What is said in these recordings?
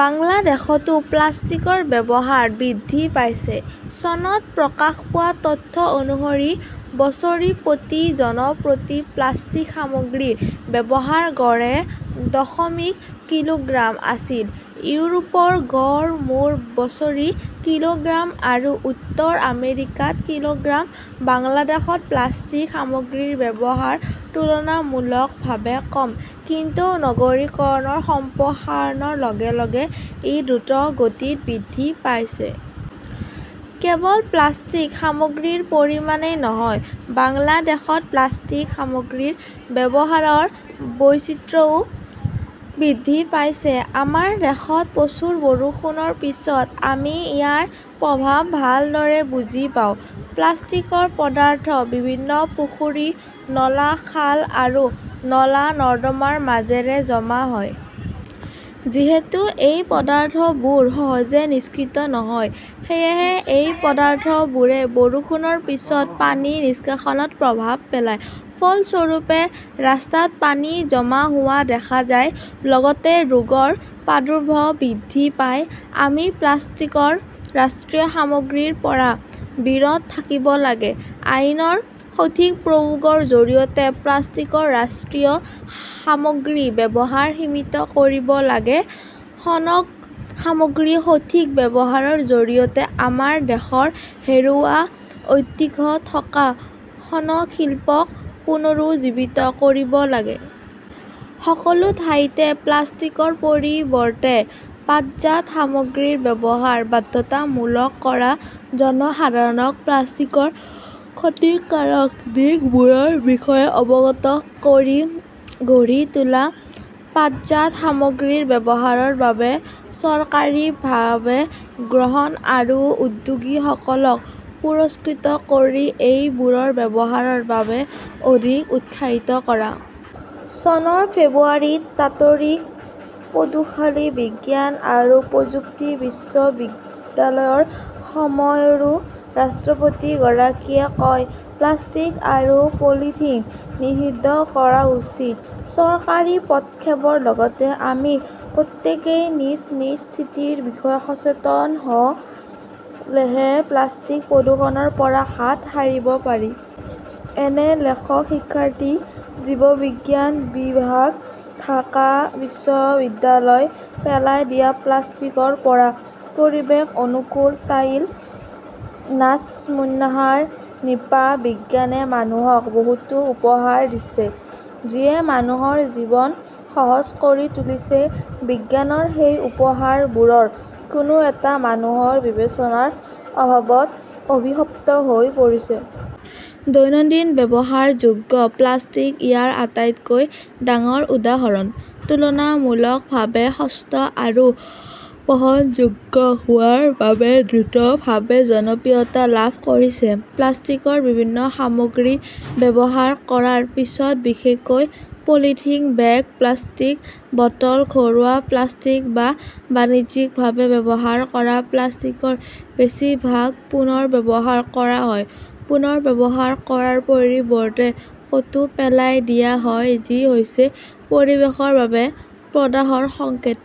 বাংলাদেশতো প্লাষ্টিকৰ ব্যৱহাৰ বৃদ্ধি পাইছে। চনত প্ৰকাশ পোৱা তথ্য অনুসৰি বছৰি প্ৰতি জন প্ৰতি প্লাষ্টিক সামগ্ৰীৰ ব্যৱহাৰ গড়ে দশমিক কিলোগ্ৰাম আছিল। ইউৰোপৰ গড় মূৰ বছৰি কিলোগ্ৰাম আৰু উত্তৰ আমেৰিকাত কিলোগ্ৰাম। বাংলাদেশত প্লাষ্টিক সামগ্ৰীৰ ব্যৱহাৰ তুলনামূলকভাৱে কম, কিন্তু নগৰীকৰণৰ সম্প্ৰসাৰণৰ লগে লগে ই দ্ৰুতগতিত বৃদ্ধি পাইছে। কেৱল প্লাষ্টিক সামগ্ৰীৰ পৰিমাণই নহয়, বাংলাদেশত প্লাষ্টিক সামগ্ৰীৰ ব্যৱহাৰৰ বৈচিত্ৰ্যও বৃদ্ধি পাইছে। আমাৰ দেশত প্ৰচুৰ বৰষুণৰ পিছত আমি ইয়াৰ প্ৰভাৱ ভালদৰে বুজি পাওঁ। প্লাষ্টিকৰ পদাৰ্থ বিভিন্ন পুখুৰী, নলা, খাল আৰু নলা-নৰ্দমাৰ মাজেৰে জমা হয়। যিহেতু এই পদাৰ্থবোৰ সহজে নিষ্কাশিত নহয়, সেয়েহে এই পদাৰ্থবোৰে বৰষুণৰ পিছত পানী নিষ্কাশনত প্ৰভাৱ পেলায়। ফলস্বৰূপে, ৰাস্তাত পানী জমা হোৱা দেখা যায়, লগতে ৰোগৰ প্ৰাদুৰ্ভাৱ বৃদ্ধি পায়। আমি প্লাষ্টিকৰ ৰাষ্ট্ৰীয় সামগ্ৰীৰ পৰা বিৰত থাকিব লাগে, আইনৰ সঠিক প্ৰয়োগৰ জৰিয়তে প্লাষ্টিকৰ ৰাষ্ট্ৰীয় সামগ্ৰীৰ ব্যৱহাৰ সীমিত কৰিব লাগে, শণৰ সামগ্ৰীৰ সঠিক ব্যৱহাৰৰ জৰিয়তে আমাৰ দেশৰ হেৰুওৱা ঐতিহ্য থকা শণ শিল্পক পুনৰুজ্জীৱিত কৰিব লাগে। সকলো ঠাইতে প্লাষ্টিকৰ পৰিৱৰ্তে পাটজাত সামগ্ৰীৰ ব্যৱহাৰ বাধ্যতামূলক কৰা, জনসাধাৰণক প্লাষ্টিকৰ ক্ষতিকাৰক দিশবোৰৰ বিষয়ে অৱগত কৰি গঢ়ি তোলা, পাটজাত সামগ্ৰীৰ ব্যৱহাৰৰ বাবে চৰকাৰীভাৱে গ্ৰাহক আৰু উদ্যোগীসকলক পুৰস্কৃত কৰি এইবোৰৰ ব্যৱহাৰৰ বাবে অধিক উৎসাহিত কৰা। চনৰ ফেব্ৰুৱাৰীত তাতৰিক পটুখালি বিজ্ঞান আৰু প্ৰযুক্তি বিশ্ববিদ্যালয়ৰ য় সমাৰোহত ৰাষ্ট্ৰপতিগৰাকীয়ে কয়, 'প্লাষ্টিক আৰু পলিথিন নিষিদ্ধ কৰা উচিত "। চৰকাৰী পদক্ষেপৰ লগতে আমি প্ৰত্যেকেই নিজ নিজ স্থিতিৰ বিষয়ে সচেতন হ "লেহে প্লাষ্টিক প্ৰদূষণৰ পৰা হাত সাৰিব পাৰি। এন লেখকঃ শিক্ষাৰ্থী, জীৱবিজ্ঞান বিভাগ, ঢাকা বিশ্ববিদ্যালয়। পেলাই দিয়া প্লাষ্টিকৰ পৰা পৰিৱেশ অনুকূল টাইল নাজমুন্নাহাৰ নিপা বিজ্ঞানে মানুহক বহুতো উপহাৰ দিছে, যিয়ে মানুহৰ জীৱন সহজ কৰি তুলিছে। বিজ্ঞানৰ সেই উপহাৰবোৰৰ কোনো এটা মানুহৰ বিবেচনাৰ অভাৱত অভিশপ্ত হৈ পৰিছে। দৈনন্দিন ব্যৱহাৰযোগ্য প্লাষ্টিক ইয়াৰ আটাইতকৈ ডাঙৰ উদাহৰণ। তুলনামূলকভাৱে সস্তা আৰু বহনযোগ্য হোৱাৰ বাবে দ্ৰুতভাৱে জনপ্ৰিয়তা লাভ কৰিছে। প্লাষ্টিকৰ বিভিন্ন সামগ্ৰী ব্যৱহাৰ কৰাৰ পিছত, বিশেষকৈ পলিথিন বেগ, প্লাষ্টিকৰ বটল, ঘৰুৱা প্লাষ্টিক বা বাণিজ্যিকভাৱে ব্যৱহাৰ কৰা প্লাষ্টিকৰ বেছিভাগ পুনৰ্ব্যৱহাৰ কৰা হয়, পুনৰ্ব্যৱহাৰ কৰাৰ পৰিৱৰ্তে ক "তো পেলাই দিয়া হয়-যি হৈছে পৰিৱেশৰ বাবে প্ৰদাহৰ সংকেত।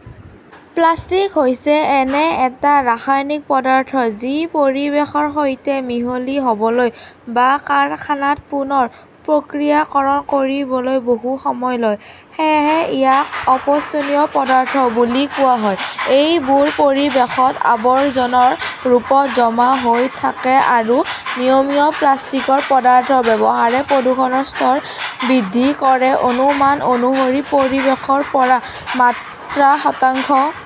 প্লাষ্টিক হৈছে এনে এটা ৰাসায়নিক পদাৰ্থ যি পৰিৱেশৰ সৈতে মিহলি হ 'বলৈ বা কাৰখানাত পুনৰ প্ৰক্ৰিয়াকৰণ কৰিবলৈ বহু সময় লয়। সেয়েহে ইয়াক 'অপচনীয় পদাৰ্থ "বুলি কোৱা হয়। এইবোৰ পৰিৱেশত আৱৰ্জনাৰ ৰূপত জমা হৈ থাকে আৰু নিয়মীয়া প্লাষ্টিকৰ পদাৰ্থৰ ব্যৱহাৰে প্ৰদূষণৰ স্তৰ বৃদ্ধি কৰে। অনুমান অনুসৰি, পৰিৱেশৰ পৰা মাত্ৰ শতাংশ